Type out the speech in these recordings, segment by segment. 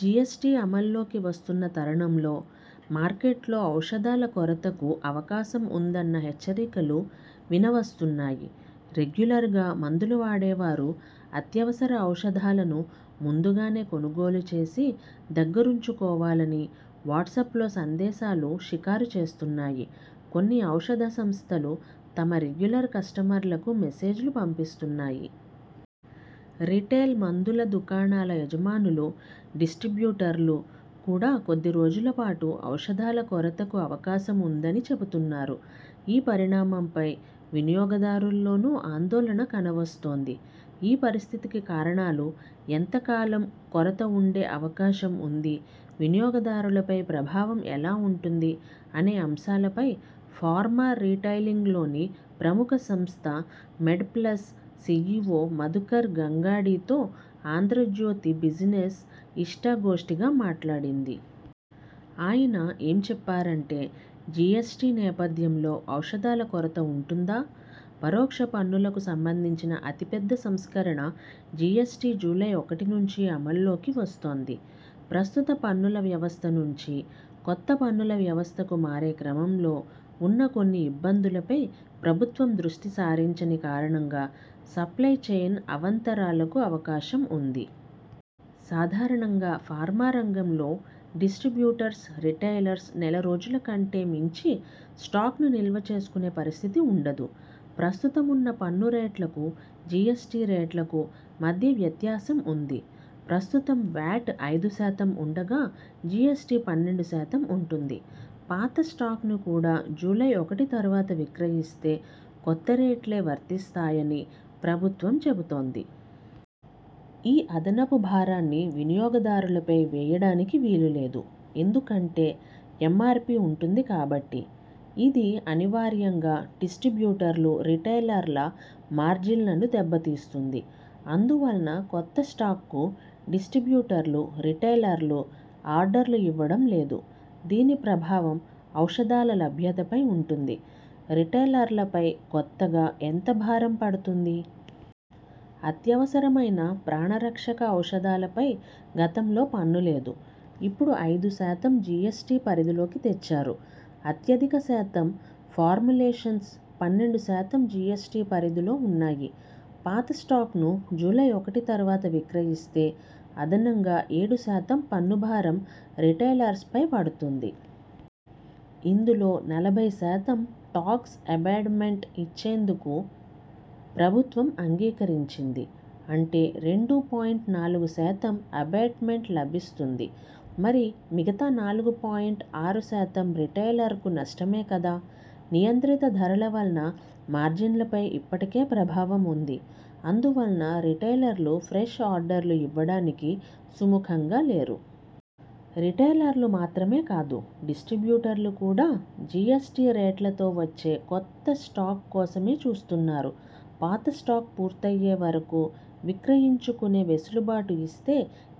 GST అమల్లోకి వస్తున్న తరుణంలో మార్కెట్లో ఔషధాల కొరతకు అవకాశం ఉందన్న హెచ్చరికలు వినవస్తున్నాయి. రెగ్యులర్గా మందులు వాడేవారు అత్యవసర ఔషధాలను ముందు గానే కొనుగోలు చేసి దగ్గరుంచుకోవాలని వాట్స్పలో సందేశాలు షికారు చేస్తున్నాయి. కొన్ని ఔషధ సంస్థలు తమ రెగ్యులర్ కస్టమర్లకు మెసేజ్లు పంపిస్తున్నాయి. రిటైల్ మందుల దుకాణాల యజమానులు, డిస్ట్రిబ్యూటర్లు కూడా కొద్దిరోజుల పాటు ఔషధాల కొరతకు అవకాశం ఉందని చెబుతున్నారు. ఈ పరిణామంపై వినియోగదారుల్లోనూ ఆందోళన కనవస్తోంది. ఈ పరిస్థితికి కారణాలు, ఎంత కాలం కొరత ఉండే అవకాశం ఉంది, వినియోగదారులపై ప్రభావం ఎలా ఉంటుంది అనే అంశాలపై ఫార్మా రిటైలింగ్లోని ప్రముఖ సంస్థ మెడ్ప్లస్ సిఇఒ మధుకర్ గంగాడితో 'ఆంధ్రజ్యోతి బిజినెస్' ఇష్టాగోష్ఠిగా మాట్లాడింది. ఆయన ఏం చెప్పారంటే జిఎస్టి నేపథ్యంలో ఔషధాల కొరత ఉంటుందా? పరోక్ష పన్నులకు సంబంధించిన అతిపెద్ద సంస్కరణ జిఎస్టి జూలై ఒకటి నుంచి అమల్లోకి వస్తోంది. ప్రస్తుత పన్నుల వ్యవస్థ నుంచి కొత్త పన్నుల వ్యవస్థకు మారే క్రమంలో ఉన్న కొన్ని ఇబ్బందులపై ప్రభుత్వం దృష్టి సారించని కారణంగా సప్లై చెయిన్ అవాంతరాలకు అవకాశం ఉంది. సాధారంగా ఫార్మా రంగంలో డిస్ట్రిబ్యూటర్స్, రిటైలర్స్ నెల రోజుల కంటే మించి స్టాక్స్ను నిల్వ చేసుకునే పరిస్థితి ఉండదు. ప్రస్తుతమున్న పన్ను రేట్లకు జిఎస్టి రేట్లకు మధ్య వ్యత్యాసం ఉంది. ప్రస్తుతం వ్యాట్ ఐదు శాతం ఉండగా, జిఎస్టి పన్నెండు శాతం ఉంటుంది. పాత స్టాక్ను కూడా జూలై ఒకటి తర్వాత విక్రయిస్తే కొత్త రేట్లే వర్తిసాయని ప్రభుత్వం చెబుతోంది. ఈ అదనపు భారాన్ని వినియోగదారులపై వేయడానికి వీలులేదు. ఎందుకంటే ఎంఆర్పి ఉంటుంది కాబట్టి. ఇది అనివార్యంగా డిస్ట్రిబ్యూటర్లు, రిటైలర్ల మార్జిన్లను దెబ్బతీస్తుంది. అందువల్ల కొత్త స్టాక్కు డిస్ట్రిబ్యూటర్లు, రిటైలర్లు ఆర్డర్లు ఇవ్వడం లేదు. దీని ప్రభావం ఔషధాల లభ్యతపై ఉంటుంది. రిటైలర్లపై కొత్తగా ఎంత భారం పడుతుంది? అత్యవసరమైన ప్రాణ రక్షక ఔషధాలపై గతంలో పన్ను లేదు. ఇప్పుడు ఐదు శాతం జిఎస్టి పరిధిలోకి తెచ్చారు. అత్యధిక శాతం ఫార్ములేషన్స్ పన్నెండు శాతం జిఎస్టి పరిధిలో ఉన్నాయి. పాత స్టాక్ను జూలై ఒకటి తర్వాత విక్రయిస్తే అదనంగా ఏడు శాతం పన్ను భారం రిటైలర్స్పై పడుతుంది. ఇందులో నలభై శాతం టాక్స్ అబేట్మెంట్ ఇచ్చేందుకు ప్రభుత్వం అంగీకరించింది. అంటే రెండు పాయింట్ నాలుగు శాతం అబేట్మెంట్ లభిస్తుంది. మరి మిగతా నాలుగు పాయింట్ ఆరు శాతం రిటైలర్కు నష్టమే కదా? నియంత్రిత ధరల వల్ల మార్జిన్లపై ఇప్పటికే ప్రభావం ఉంది. అందువల్ల రిటైలర్లు ఫ్రెష్ ఆర్డర్లు ఇవ్వడానికి సుముఖంగా లేరు. రిటైలర్లు మాత్రమే కాదు. డిస్ట్రిబ్యూటర్లు కూడా జిఎస్టి రేట్లతో వచ్చే కొత్త స్టాక్ కోసమే చూస్తున్నారు. పాత స్టాక్ పూర్తయ్యే వరకు విక్రయించుకునే వెసులుబాటు ఇస్తే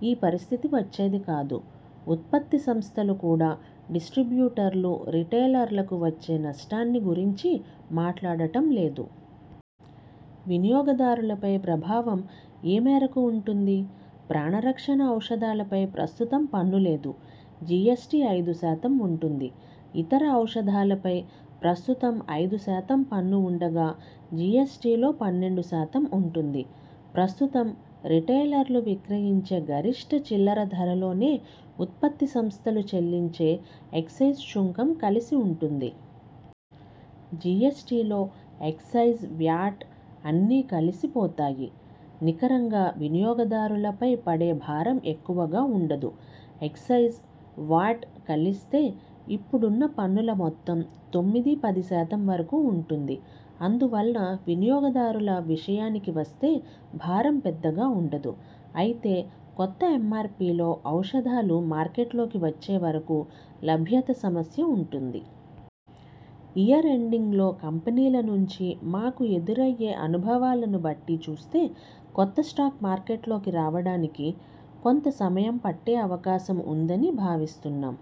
ఈ పరిస్థితి వచ్చేది కాదు. ఉత్పత్తి సంస్థలు కూడా డిస్ట్రిబ్యూటర్లు, రిటైలర్లకు వచ్చే నష్టాన్ని గురించి మాట్లాడటం లేదు. వినియోగదారులపై ప్రభావం ఏ మేరకు ఉంటుంది? ప్రాణ రక్షణ ఔషధాలపై ప్రస్తుతం పన్ను లేదు. జిఎస్టి ఐదు శాతం ఉంటుంది. ఇతర ఔషధాలపై ప్రస్తుతం ఐదు శాతం పన్ను ఉండగా జిఎస్టిలో పన్నెండు శాతం ఉంటుంది. ప్రస్తుతం రిటైలర్లు విక్రయించే గరిష్ఠ చిల్లర ధరలోనే ఉత్పత్తి సంస్థలు చెల్లించే ఎక్సైజ్ సుంకం కలిసి ఉంటుంది. జిఎస్టిలో ఎక్సైజ్, వ్యాట్ అన్నీ కలిసి పోతాయి. నికరంగా వినియోగదారులపై పడే భారం ఎక్కువగా ఉండదు. ఎక్సైజ్, వాట్ కలిస్తే ఇప్పుడున్న పన్నుల మొత్తం తొమ్మిది ,పది శాతం వరకు ఉంటుంది. అందువల్ల వినియోగదారుల విషయానికి వస్తే భారం పెద్దగా ఉండదు. అయితే కొత్త ఎంఆర్పిలో ఔషధాలు మార్కెట్లోకి వచ్చే వరకు లభ్యత సమస్య ఉంటుంది. ఇయర్ ఎండింగ్లో కంపెనీల నుంచి మాకు ఎదురయ్యే అనుభవాలను బట్టి చూస్తే కొత్త స్టాక్ మార్కెట్లోకి రావడానికి కొంత సమయం పట్టే అవకాశం ఉందని భావిస్తున్నాం.